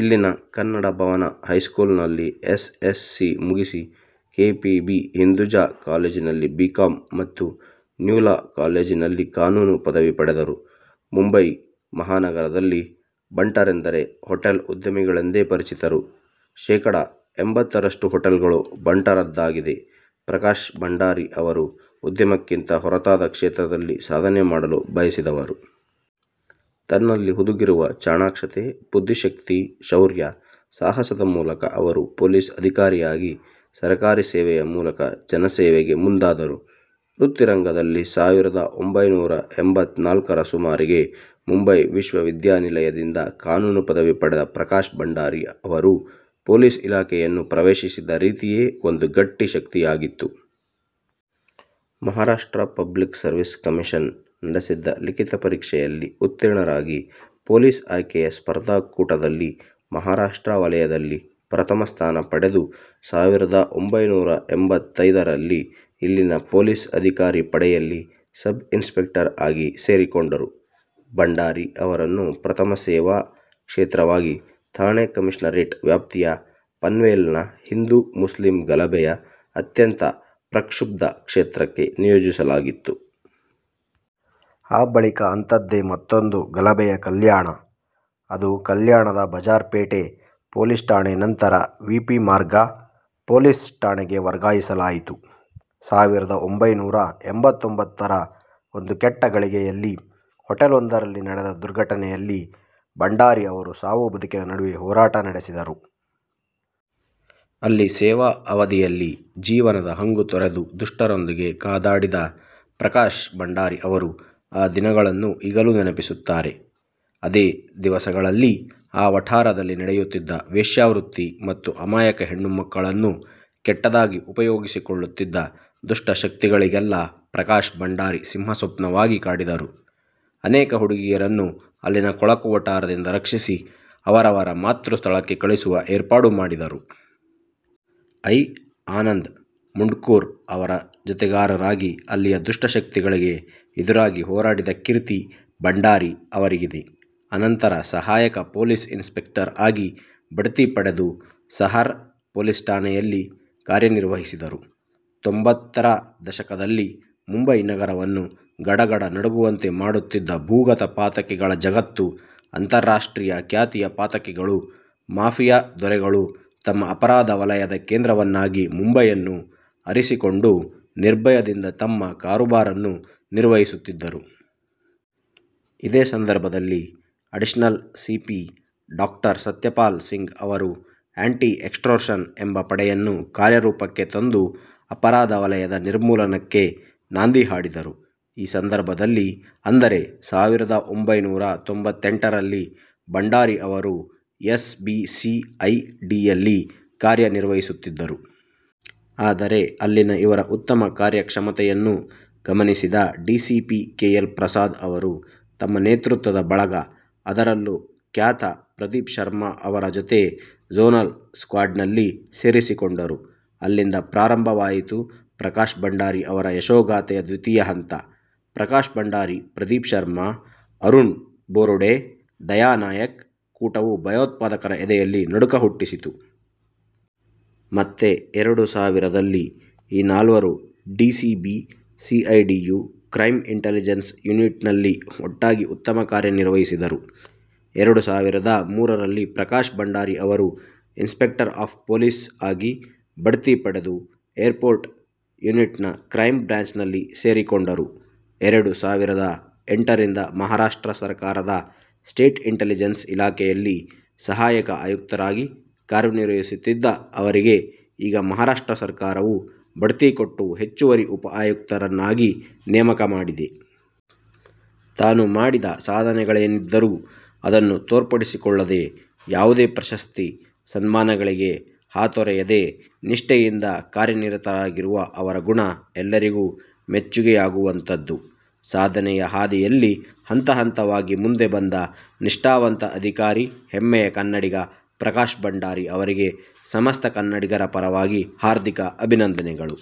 ಇಲ್ಲಿನ ಕನ್ನಡ ಭವನ ಹೈಸ್ಕೂಲ್ ನಲ್ಲಿ S. S. C. ಮುಗಿಸಿ, ಕೆ. ಪಿ. ಬಿ. ಹಿಂದುಜಾ ಕಾಲೇಜಿನಲ್ಲಿ ಬಿ. ಕಾಂ. ಮತ್ತು ನ್ಯೂ ಲಾ ಕಾಲೇಜಿನಲ್ಲಿ ಕಾನೂನು ಪದವಿ ಪಡೆದರು. ಮುಂಬಯಿ ಮಹಾನಗರದಲ್ಲಿ ಬಂಟರೆಂದರೆ ಹೊಟೇಲ್ ಉದ್ಯಮಿಗಳೆಂದೇ ಪರಿಚಿತರು. ಶೇಖಡ. ಎಂಬತ್ತರಷ್ಟು ಹೊಟೇಲುಗಳು ಬಂಟರದ್ದಾಗಿದೆ. ಪ್ರಕಾಶ್ ಭಂಡಾರಿ ಅವರು ಉದ್ಯಮಕ್ಕಿಂತ ಹೊರತಾದ ಕ್ಷೇತ್ರದಲ್ಲಿ ಸಾಧನೆ ಮಾಡಲು ಬಯಸಿದವರು. ತನ್ನಲ್ಲಿ ಹುದುಗಿರುವ ಚಾಣಾಕ್ಷತೆ, ಬುದ್ಧಿಶಕ್ತಿ, ಶೌರ್ಯ, ಸಾಹಸದ ಮೂಲಕ ಅವರು ಪೊಲೀಸ್ ಅಧಿಕಾರಿಯಾಗಿ ಸರಕಾರಿ ಸೇವೆಯ ಮೂಲಕ ಜನಸೇವೆಗೆ ಮುಂದಾದರು. ವೃತ್ತಿ ರಂಗದಲ್ಲಿ ಸಾವಿರದ ಒಂಭೈನೂರ ಎಂಬತ್ನಾಲ್ಕರ ಸುಮಾರಿಗೆ ಮುಂಬಯಿ ವಿಶ್ವವಿದ್ಯಾನಿಲಯದಿಂದ ಕಾನೂನು ಪದವಿ ಪಡೆದ ಪ್ರಕಾಶ್ ಭಂಡಾರಿ ಅವರು ಪೊಲೀಸ್ ಇಲಾಖೆಯನ್ನು ಪ್ರವೇಶಿಸಿದ ರೀತಿಯೇ ಒಂದು ಗಟ್ಟಿ ಶಕ್ತಿಯಾಗಿತ್ತು. ಮಹಾರಾಷ್ಟ್ರ ಪಬ್ಲಿಕ್ ಸರ್ವಿಸ್ ಕಮಿಷನ್ ನಡೆಸಿದ್ದ ಲಿಖಿತ ಪರೀಕ್ಷೆಯಲ್ಲಿ ಉತ್ತೀರ್ಣರಾಗಿ ಪೊಲೀಸ್ ಆಯ್ಕೆಯ ಸ್ಪರ್ಧಾಕೂಟದಲ್ಲಿ ಮಹಾರಾಷ್ಟ್ರ ವಲಯದಲ್ಲಿ ಪ್ರಥಮ ಸ್ಥಾನ ಪಡೆದು ಸಾವಿರದ ಒಂಭೈನೂರ ಎಂಬತ್ತೈದರಲ್ಲಿ ಇಲ್ಲಿನ ಪೊಲೀಸ್ ಅಧಿಕಾರಿ ಪಡೆಯಲ್ಲಿ ಸಬ್ ಇನ್ಸ್ಪೆಕ್ಟರ್ ಆಗಿ ಸೇರಿಕೊಂಡರು. ಭಂಡಾರಿ ಅವರನ್ನು ಪ್ರಥಮ ಸೇವಾ ಕ್ಷೇತ್ರವಾಗಿ ಥಾಣೆ ಕಮಿಷನರೇಟ್ ವ್ಯಾಪ್ತಿಯ ಪನ್ವೇಲ್ನ ಹಿಂದೂ ಮುಸ್ಲಿಂ ಗಲಭೆಯ ಅತ್ಯಂತ ಪ್ರಕ್ಷುಬ್ಧ ಕ್ಷೇತ್ರಕ್ಕೆ ನಿಯೋಜಿಸಲಾಗಿತ್ತು. ಆ ಬಳಿಕ ಅಂಥದ್ದೇ ಮತ್ತೊಂದು ಗಲಭೆಯ ಕಲ್ಯಾಣ ಅದು ಕಲ್ಯಾಣದ ಬಜಾರ್ ಪೇಟ್ ಪೊಲೀಸ್ ಠಾಣೆ. ನಂತರ ವಿ. ಪಿ. ಮಾರ್ಗ ಪೊಲೀಸ್ ಠಾಣೆಗೆ ವರ್ಗಾಯಿಸಲಾಯಿತು. ಸಾವಿರದ ಒಂಭೈನೂರ ಎಂಬತ್ತೊಂಬತ್ತರ ಒಂದು ಕೆಟ್ಟ ಘಳಿಗೆಯಲ್ಲಿ ಹೊಟೇಲ್ ಒಂದರಲ್ಲಿ ನಡೆದ ದುರ್ಘಟನೆಯಲ್ಲಿ ಭಂಡಾರಿ ಅವರು ಸಾವು-ಬದುಕಿನ ನಡುವೆ ಹೋರಾಟ ನಡೆಸಿದರು. ಅಲ್ಲಿ ಸೇವಾ ಅವಧಿಯಲ್ಲಿ ಜೀವನದ ಹಂಗು ತೊರೆದು ದುಷ್ಟರೊಂದಿಗೆ ಕಾದಾಡಿದ ಪ್ರಕಾಶ್ ಭಂಡಾರಿ ಅವರು ಆ ದಿನಗಳನ್ನು ಈಗಲೂ ನೆನಪಿಸುತ್ತಾರೆ. ಅದೇ ದಿವಸಗಳಲ್ಲಿ ಆ ವಠಾರದಲ್ಲಿ ನಡೆಯುತ್ತಿದ್ದ ವೇಶ್ಯಾವೃತ್ತಿ ಮತ್ತು ಅಮಾಯಕ ಹೆಣ್ಣುಮಕ್ಕಳನ್ನು ಕೆಟ್ಟದಾಗಿ ಉಪಯೋಗಿಸಿಕೊಳ್ಳುತ್ತಿದ್ದ ದುಷ್ಟ ಶಕ್ತಿಗಳಿಗೆಲ್ಲ ಪ್ರಕಾಶ್ ಭಂಡಾರಿ ಸಿಂಹಸ್ವಪ್ನವಾಗಿ ಕಾಡಿದರು. ಅನೇಕ ಹುಡುಗಿಯರನ್ನು ಅಲ್ಲಿನ ಕೊಳಕು ವಠಾರದಿಂದ ರಕ್ಷಿಸಿ ಅವರವರ ಮಾತೃ ಸ್ಥಳಕ್ಕೆ ಕಳುಹಿಸುವ ಏರ್ಪಾಡು ಮಾಡಿದರು. ಐ. ಆನಂದ ಮುಂಡ್ಕೂರು ಅವರ ಜತೆಗಾರರಾಗಿ ಅಲ್ಲಿಯ ದುಷ್ಟ ಶಕ್ತಿಗಳಿಗೆ ಎದುರಾಗಿ ಹೋರಾಡಿದ ಕೀರ್ತಿ ಭಂಡಾರಿ ಅವರಿಗಿದೆ. ಅನಂತರ ಸಹಾಯಕ ಪೊಲೀಸ್ ಇನ್ಸ್ಪೆಕ್ಟರ್ ಆಗಿ ಬಡ್ತಿ ಪಡೆದು ಸಹಾರ್ ಪೊಲೀಸ್ ಠಾಣೆಯಲ್ಲಿ ಕಾರ್ಯನಿರ್ವಹಿಸಿದರು. ತೊಂಬತ್ತರ ದಶಕದಲ್ಲಿ ಮುಂಬಯಿ ನಗರವನ್ನು ಗಡ ಗಡ ನಡುಗುವಂತೆ ಮಾಡುತ್ತಿದ್ದ ಭೂಗತ ಪಾತಕಿಗಳ ಜಗತ್ತು, ಅಂತರ್ರಾಷ್ಟ್ರೀಯ ಖ್ಯಾತಿಯ ಪಾತಕಿಗಳು, ಮಾಫಿಯಾ ದೊರೆಗಳು ತಮ್ಮ ಅಪರಾಧ ವಲಯದ ಕೇಂದ್ರವನ್ನಾಗಿ ಮುಂಬಯಿಯನ್ನು ಅರಸಿಕೊಂಡು ನಿರ್ಭಯದಿಂದ ತಮ್ಮ ಕಾರುಬಾರನ್ನು ನಿರ್ವಹಿಸುತ್ತಿದ್ದರು. ಇದೇ ಸಂದರ್ಭದಲ್ಲಿ ಅಡಿಷನಲ್ ಸಿ. ಪಿ. ಡಾ. ಸತ್ಯಪಾಲ್ ಸಿಂಗ್ ಅವರು ಆಂಟಿ ಎಕ್ಸ್ಟೋರ್ಷನ್ ಎಂಬ ಪಡೆಯನ್ನು ಕಾರ್ಯರೂಪಕ್ಕೆ ತಂದು ಅಪರಾಧ ವಲಯದ ನಿರ್ಮೂಲನಕ್ಕೆ ನಾಂದಿ ಹಾಡಿದರು. ಈ ಸಂದರ್ಭದಲ್ಲಿ ಅಂದರೆ, ಸಾವಿರದ ಒಂಭೈನೂರ ತೊಂಬತ್ತೆಂಟರಲ್ಲಿ ಭಂಡಾರಿ ಅವರು ಎಸ್ ಬಿ ಸಿ ಐ ಡಿಯಲ್ಲಿ ಕಾರ್ಯನಿರ್ವಹಿಸುತ್ತಿದ್ದರು. ಆದರೆ, ಅಲ್ಲಿನ ಇವರ ಉತ್ತಮ ಕಾರ್ಯಕ್ಷಮತೆಯನ್ನು ಗಮನಿಸಿದ ಡಿಸಿಪಿ ಕೆ. ಎಲ್. ಪ್ರಸಾದ್ ಅವರು ತಮ್ಮ ನೇತೃತ್ವದ ಬಳಗ, ಅದರಲ್ಲೂ ಖ್ಯಾತ ಪ್ರದೀಪ್ ಶರ್ಮಾ ಅವರ ಜತೆ ಜೋನಲ್ ಸ್ಕ್ವಾಡ್ನಲ್ಲಿ ಸೇರಿಸಿಕೊಂಡರು. ಅಲ್ಲಿಂದ ಪ್ರಾರಂಭವಾಯಿತು – ಪ್ರಕಾಶ್ ಭಂಡಾರಿ ಅವರ ಯಶೋಗಾಥೆಯ ದ್ವಿತೀಯ ಹಂತ. ಪ್ರಕಾಶ್ ಭಂಡಾರಿ, ಪ್ರದೀಪ್ ಶರ್ಮಾ, ಅರುಣ್ ಬೋರುಡೆ, ದಯಾ ನಾಯಕ್ ಕೂಟವು ಭಯೋತ್ಪಾದಕರ ಎದೆಯಲ್ಲಿ ನಡುಕ ಹುಟ್ಟಿಸಿತು. ಮತ್ತೆ ಎರಡು ಸಾವಿರದಲ್ಲಿ ಈ ನಾಲ್ವರು ಡಿಸಿಬಿ ಸಿಐಡಿಯ ಕ್ರೈಂ ಇಂಟಲಿಜೆನ್ಸ್ ಯೂನಿಟ್ನಲ್ಲಿ ಒಟ್ಟಾಗಿ ಉತ್ತಮ ಕಾರ್ಯ ನಿರ್ವಹಿಸಿದರು. ಎರಡು ಸಾವಿರದ ಮೂರರಲ್ಲಿ ಪ್ರಕಾಶ್ ಭಂಡಾರಿ ಅವರು ಇನ್ಸ್ಪೆಕ್ಟರ್ ಆಫ್ ಪೊಲೀಸ್ ಆಗಿ ಬಡ್ತಿ ಪಡೆದು ಏರ್ಪೋರ್ಟ್ ಯೂನಿಟ್ನ ಕ್ರೈಂ ಬ್ರ್ಯಾಂಚ್ನಲ್ಲಿ ಸೇರಿಕೊಂಡರು. ಎರಡು ಸಾವಿರದ ಎಂಟರಿಂದ ಮಹಾರಾಷ್ಟ್ರ ಸರಕಾರದ ಸ್ಟೇಟ್ ಇಂಟಲಿಜೆನ್ಸ್ ಇಲಾಖೆಯಲ್ಲಿ ಸಹಾಯಕ ಆಯುಕ್ತರಾಗಿ ಕಾರ್ಯನಿರ್ವಹಿಸುತ್ತಿದ್ದ ಅವರಿಗೆ ಈಗ ಮಹಾರಾಷ್ಟ್ರ ಸರಕಾರವು ಬಡ್ತಿ ಕೊಟ್ಟು ಹೆಚ್ಚುವರಿ ಉಪ ಆಯುಕ್ತರನ್ನಾಗಿ ನೇಮಕ ಮಾಡಿದೆ. ತಾನು ಮಾಡಿದ ಸಾಧನೆಗಳೇನಿದ್ದರೂ ಅದನ್ನು ತೋರ್ಪಡಿಸಿಕೊಳ್ಳದೆ, ಯಾವುದೇ ಪ್ರಶಸ್ತಿ, ಸಮ್ಮಾನಗಳಿಗೆ ಹಾತೊರೆಯದೆ, ನಿಷ್ಠೆಯಿಂದ ಕಾರ್ಯನಿರತರಾಗಿರುವ ಅವರ ಗುಣ ಎಲ್ಲರಿಗೂ ಮೆಚ್ಚುಗೆಯಾಗುವಂಥದ್ದು. ಸಾಧನೆಯ ಹಾದಿಯಲ್ಲಿ ಹಂತ-ಹಂತವಾಗಿ ಮುಂದೆ ಬಂದ ನಿಷ್ಠಾವಂತ ಅಧಿಕಾರಿ ಹೆಮ್ಮೆಯ ಕನ್ನಡಿಗ ಪ್ರಕಾಶ್ ಭಂಡಾರಿ ಅವರಿಗೆ ಸಮಸ್ತ ಕನ್ನಡಿಗರ ಪರವಾಗಿ ಹಾರ್ದಿಕ ಅಭಿನಂದನೆಗಳು.